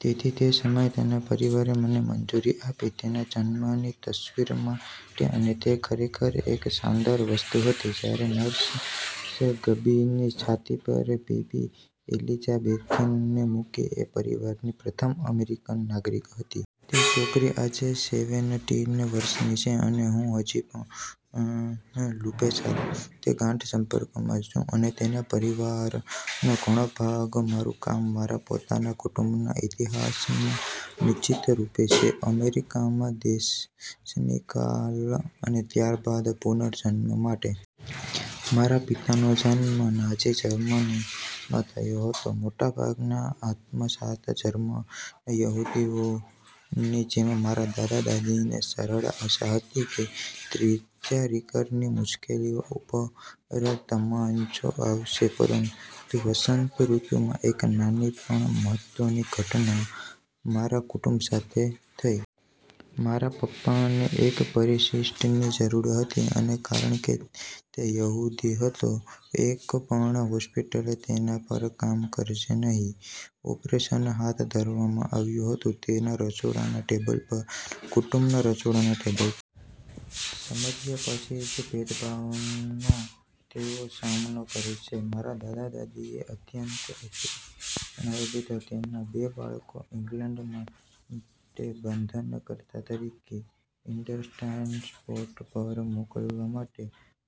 તેથી તે સમયે તેના પરિવારે મને મંજૂરી આપી તેના જન્મની તસ્વીર માટે અને તે ખરેખર એક શાનદાર વસ્તુ હતી જ્યારે નર્સે ગબીની છાતી પર બેબી એલિઝાબેથને મૂકી. તે પરિવારની પ્રથમ અમેરિકન નાગરિક હતી. તે છોકરી આજે સેવેનટીન વર્ષની છે અને હું હજી પણ લુપે સાથે ગાઢ સંપર્કમાં છું અને તેના પરિવારનો ઘણો ભાગ. મારું કામ મારા પોતાના કુટુંબના ઇતિહાસમાં નિશ્ચિતરૂપે છે અમેરિકામાં દેશનિકાલ અને ત્યારબાદ પુનર્જન્મ માટે. મારા પિતાનો જન્મ નાઝી જર્મનીમાં થયો હતો. મોટાભાગના આત્મસાત જર્મન યહૂદીઓની જેમ, મારા દાદા દાદીને સરળ આશા હતી કે ત્રીજા રીકની મુશ્કેલીઓ ઉપર તમાચો આવશે. પરંતુ વસંત ઋતુમાં એક નાની પણ મહત્વની ઘટના મારા કુટુંબ સાથે થયી. મારા પપ્પાને એક પરિશિષ્ટની જરૂર હતી અને કારણ કે તે યહૂદી હતો, એક પણ હોસ્પિટલ તેના પર કામ કરશે નહીં. ઓપરેશન હાથ ધરવામાં આવ્યું હતું તેના રસોડાના ટેબલ પર, કુટુંબના રસોડાના ટેબલ પર. સમજ્યા પછી જ ભેદભાવનો તેઓ સામનો કરે છે, મારા દાદા દાદી એ અત્યંત અપ્રિય નિર્ણય લીધો તેમના બે બાળકો ઇંગ્લેન્ડ માટે બંધનકર્તા તરીકે કિન્ડરટ્રાન્સપોર્ટ પર મોકલવા માટે.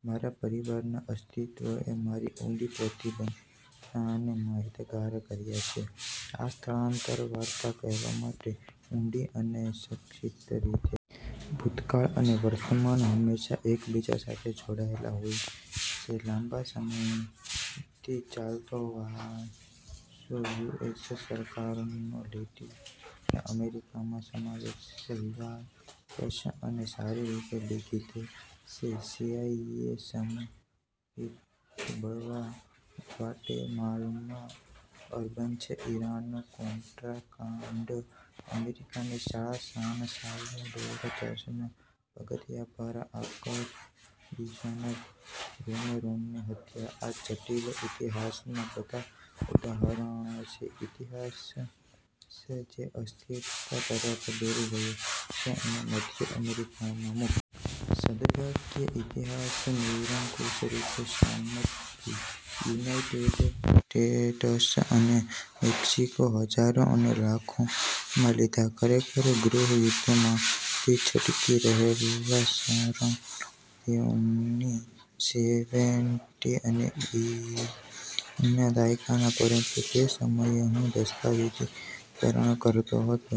મારા પરિવારના અસ્તિત્વ એ મારી ઊંડી પ્રતિબદ્ધતાને માહિતગાર કર્યા છે આ સ્થળાંતર વાર્તા કહેવા માટે ઊંડી અને સંક્ષિપ્ત રીતે. ભૂતકાળ અને વર્તમાન હંમેશાં એકબીજા સાથે જોડાયેલા હોય છે. લાંબા સમયથી ચાલતો વારસો યુ.એસ સરકારનો લેટિન અમેરિકામાં સમાવેશ વિવાદસ્પદ અને સારી રીતે લિખિત છે. સીઆઈએ સમર્થિત બળવા ગ્વાટેમાલામાં અર્બેન્સ, ઈરાન-કોન્ટ્રા કાંડ, અમેરિકાની શાળા, સાન સાલ્વાડોર ચર્ચના પગથિયા પર આર્કબિશપ રોમેરોની હત્યા આ જટિલ ઇતિહાસના બધા ઉદાહરણો છે, ઇતિહાસ જે અસ્થિરતા તરફ દોરી ગયો છે અને મધ્ય અમેરિકામાં મુક્તિ. સદભાગ્યે, ઇતિહાસ નિરંકુશ રીતે શ્યામ નથી. યુનાઇટેડ સ્ટેટ્સ અને મેક્સિકો હજારો અને લાખોમાં લીધા. ખરેખર, ગૃહ યુદ્ધોમાંથી છટકી રહેલા શરણાર્થીઓની સેવેનટી અને એઈટીના દાયકાના પરંતુ તે સમયે હું દસ્તાવેજીકરણ કરતો હતો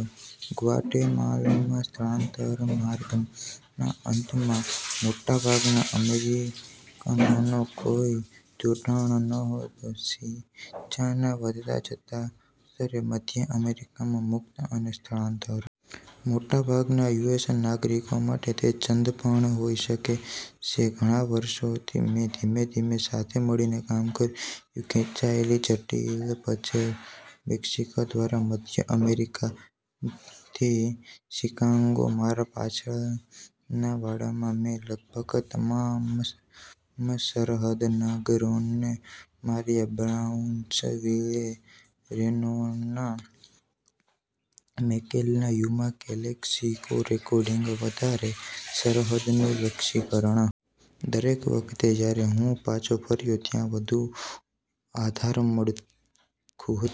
ગ્વાટેમાલામાં સ્થળાંતર માર્ગના અંતમાં, મોટાભાગના અમેરિકનોનો કોઈ જોડાણ નહોતો હિંસાના વધતા જતા સ્તરે, મધ્ય અમેરિકામાં મુક્તિ અને સ્થળાંતર. મોટાભાગના યુએસ નાગરિકો માટે તે ચંદ્ર પણ હોઈ શકે છે. ઘણા વર્ષોથી મેં ધીમે ધીમે સાથે મળીને કામ કર્યું ખેંચાયેલી જટિલ પઝલ મેક્સિકો દ્વારા મધ્ય અમેરિકાથી શિકાગોના મારા પાછળના વાડામાં. મેં લગભગ તમામ સરહદ નગરોને માર્યા Brownsville, Reynosa, McAllen, Yuma, Calexico recording વધારે સરહદનું લશ્કરીકરણ. દરેક વખતે જ્યારે હું પાછો ફર્યો, ત્યાં વધુ આધાર માળખું હતું.